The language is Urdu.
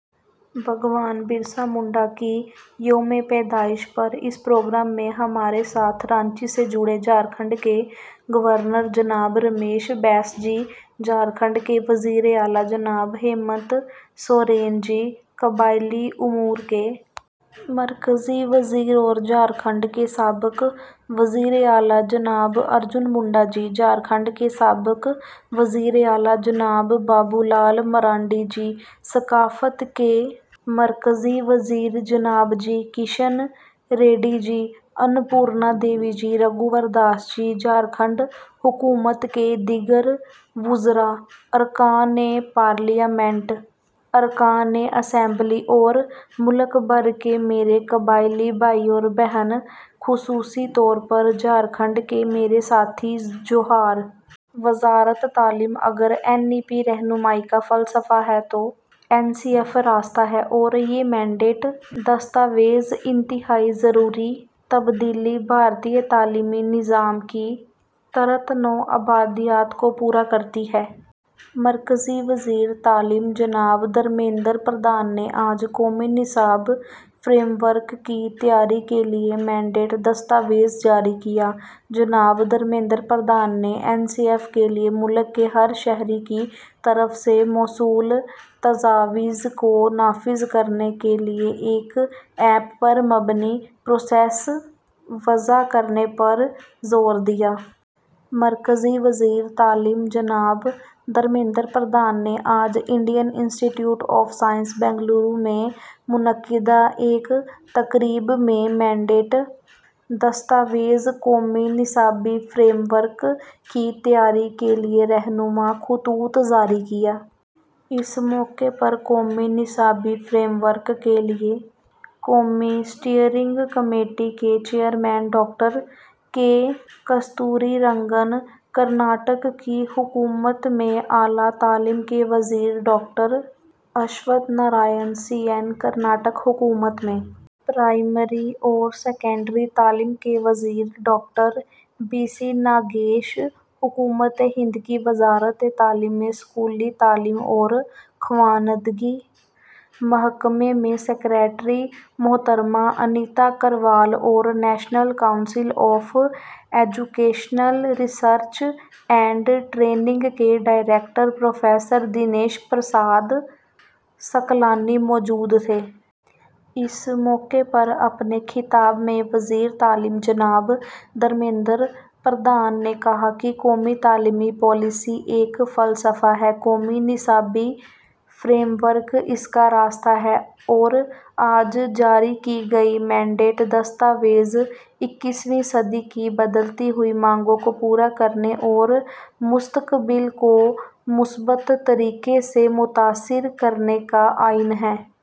بھگوان برسا منڈا کی یوم پیدائش پر اس پروگرام میں ہمارے ساتھ رانچی سے جڑے جھارکھنڈ کے گورنر جناب رمیش بیس جی، جھارکھنڈ کے وزیر اعلیٰ جناب ہیمنت سورین جی، قبائلی امور کے مرکزی وزیر اور جھارکھنڈ کے سابق وزیر اعلیٰ جناب ارجن منڈا جی، جھارکھنڈ کے سابق وزیر اعلیٰ جناب بابولال مرانڈی جی، ثقافت کے مرکزی وزیر جناب جی کشن ریڈی جی، ان پورنا دیوی جی، رگھوور داس جی، جھارکھنڈ حکومت کے دیگر وزراء، اراکین پارلیمنٹ، اراکین اسمبلی اور ملک بھر کے میرے قبائلی بھائی اور بہن، خصوصی طور پر جھارکھنڈ کے میرے ساتھی، جوہار! وزارت تعلیم۔ اگر این ای پی رہنمائی کا فلسفہ ہے تو این سی ایف راستہ ہے، اور یہ مینڈیٹ دستاویز انتہائی ضروری تبدیلی، بھارتی تعلیمی نظام کی ترکِ نوآبادیات، کو پورا کرتی ہے۔ مرکزی وزیر تعلیم جناب دھرمیندر پردھان نے آج قومی نصاب فریم ورک کی تیاری کے لیے مینڈیٹ دستاویز جاری کیا۔ جناب دھرمیندر پردھان نے این سی ایف کے لیے ملک کے ہر شہری کی طرف سے موصول تجاویز کو نافذ کرنے کے لیے ایک ایپ پر مبنی پروسیس وضع کرنے پر زور دیا۔ مرکزی وزیر تعلیم جناب دھرمیندر پردھان نے آج Indian institute of science, Bengaluru میں منعقدہ ایک تقریب میں مینڈیٹ دستاویز، قومی نصابی فریم ورک کی تیاری کے لیے رہنما خطوط، جاری کیا۔ اس موقع پر قومی نصابی فریم ورک کے لیے قومی اسٹیئرنگ کمیٹی کے chairman doctor K. Kasturirangan, Karnataka کی حکومت میں اعلیٰ تعلیم کے وزیر doctor Ashwath Narayan C N, Karnataka حکومت میں پرائمری اور سیکنڈری تعلیم کے وزیر ڈاکٹر بی سی ناگیش، حکومت ہند کی وزارت تعلیم میں اسکولی تعلیم اور خواندگی محکمہ میں سکریٹری محترمہ انیتا کروال اور national council of educational research and training کے ڈائریکٹر پروفیسر دنیش پرساد سکلانی موجود تھے۔ اس موقع پر اپنے خطاب میں وزیر تعلیم جناب دھرمیندر پردھان نے کہا کہ قومی تعلیمی پالیسی ایک فلسفہ ہے، قومی نصابی فریم ورک اس کا راستہ ہے اور آج جاری کی گئی مینڈیٹ دستاویز اکیسویں صدی کی بدلتی ہوئی مانگوں کو پورا کرنے اور مستقبل کو مثبت طریقے سے متاثر کرنے کا آئین ہے۔